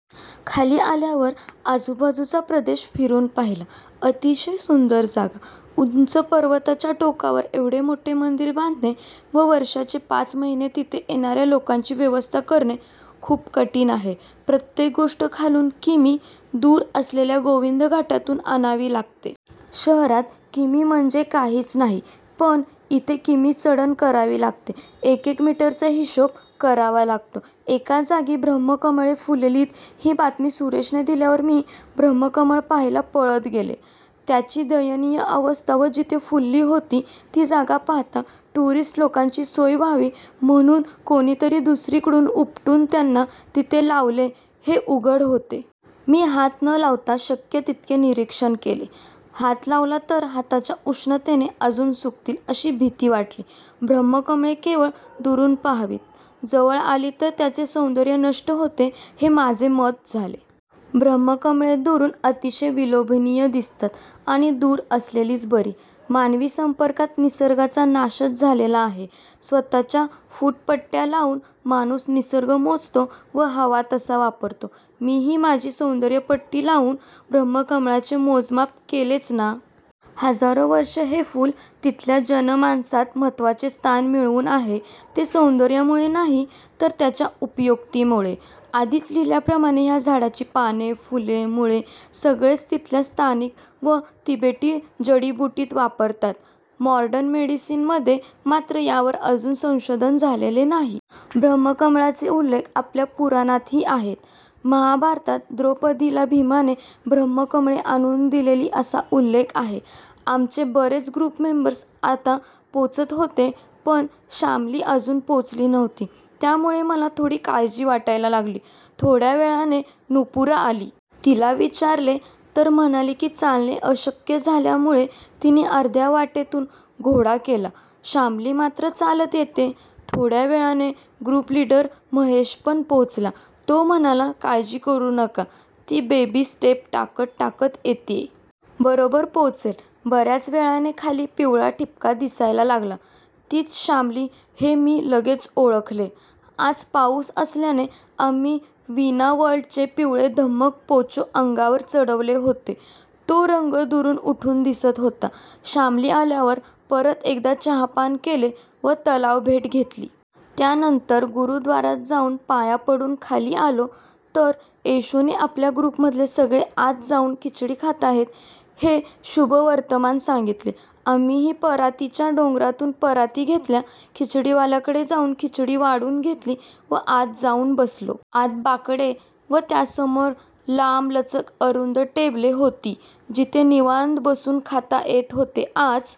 खाली आल्यावर आजूबाजूचा प्रदेश फिरून पाहिला. अतिशय सुंदर जागा!! उंच पर्वताच्या टोकावर एवढे मोठे मंदिर बांधणे व वर्षाचे पाच महिने तिथे येणाऱ्या लोकांची व्यवस्था करणे खूप कठीण आहे. प्रत्येक गोष्ट खालून किमी दूर असलेल्या गोविंदघाटातून आणावी लागते. शहरात किमी म्हणजे काहीच नाही पण इथे किमी चढण करावी लागते. एकेक मीटरचा हिशोब करावा लागतो. एका जागी ब्रम्हकमळे फुललीत ही बातमी सुरेशने दिल्यावर मी ब्रम्हकमळ पाहायला पळत गेले. त्यांची दयनीय अवस्था व जिथे फुलली होती ती जागा पाहता टूरिस्ट लोकांची सोय व्हावी म्हणून कोणीतरी दुसरीकडून उपटून त्यांना तिथे लावले हे उघड होते. मी हात न लावता शक्य तितके निरीक्षण केले. हात लावला तर हाताच्या उष्णतेने अजून सुकतील अशी भीती वाटली. ब्रम्हकमळे केवळ दुरून पाहावीत, जवळ आली तर त्यांचे सौंदर्य नष्ट होते हे माझे मत झाले. ब्रम्हकमळे दुरून अतिशय विलोभनीय दिसतात. आणि दूर असलेलीच बरी. मानवी संपर्कात निसर्गाचा नाशच झालेला आहे. स्वतःच्या फुटपट्ट्या लावून माणूस निसर्ग मोजतो व हवा तसा वापरतो. मीही माझी सौंदर्यपट्टी लावून ब्रम्हकमळाचे मोजमाप केलेच ना. हजारो वर्षे हे फुल तिथल्या जनमानसात महत्वाचे स्थान मिळवून आहे ते सौंदर्यामुळे नाही तर त्याच्या उपयोगितेमुळे. आधीच लिहिल्याप्रमाणे ह्या झाडाची पाने, फुले, मूळे सगळेच तिथल्या स्थानिक व तिबेटी जडिबुटीत वापरतात. मॉडर्न मेडिसीनमध्ये मात्र यावर अजून संशोधन झालेले नाही. ब्रम्हकमळाचे उल्लेख आपल्या पुराणातही आहेत. महाभारतात द्रौपदीला भीमाने ब्रम्हकमळे आणून दिलेली असा उल्लेख आहे. आमचे बरेच ग्रुपमेंबर्स आता पोचत होते पण शामली अजून पोचली नव्हती. त्यामुळे मला थोडी काळजी वाटायला लागली. थोड्या वेळाने नुपुरा आली. तिला विचारले तर म्हणाली की चालणे अशक्य झाल्यामुळे तिने अर्ध्या वाटेतुन घोडा केला, शामली मात्र चालत येतेय. थोड्या वेळाने ग्रुपलीडर महेशपण पोचला. तो म्हणाला काळजी करू नका, ती बेबी स्टेप टाकत टाकत येतेय. बरोबर पोचेल. बऱ्याच वेळाने खाली पिवळा ठिपका दिसायला लागला. तीच शामली हे मी लगेच ओळखले. आज पाऊस असल्याने आम्ही वीणावर्ल्डचे पिवळेधम्मक पोंचो अंगावर चढवले होते, तो रंग दुरून उठून दिसत होता. शामली आल्यावर परत एकदा चहापान केले व तलावभेट घेतली. त्यानंतर गुरुद्वारात जाऊन पाया पडून खाली आलो तर ऐशूने आपल्या ग्रुपमधले सगळे आत जाऊन खिचडी खाताहेत हे शुभवर्तमान सांगितले. आम्हीही परातीच्या डोंगरातून पराती घेतल्या, खिचडीवाल्याकडे जाऊन खिचडी वाढून घेतली व आत जाऊन बसलो. आत बाकडे व त्यासमोर लाम्बलचक अरुंद टेबले होती जिथे निवांत बसून खाता येत होते. आज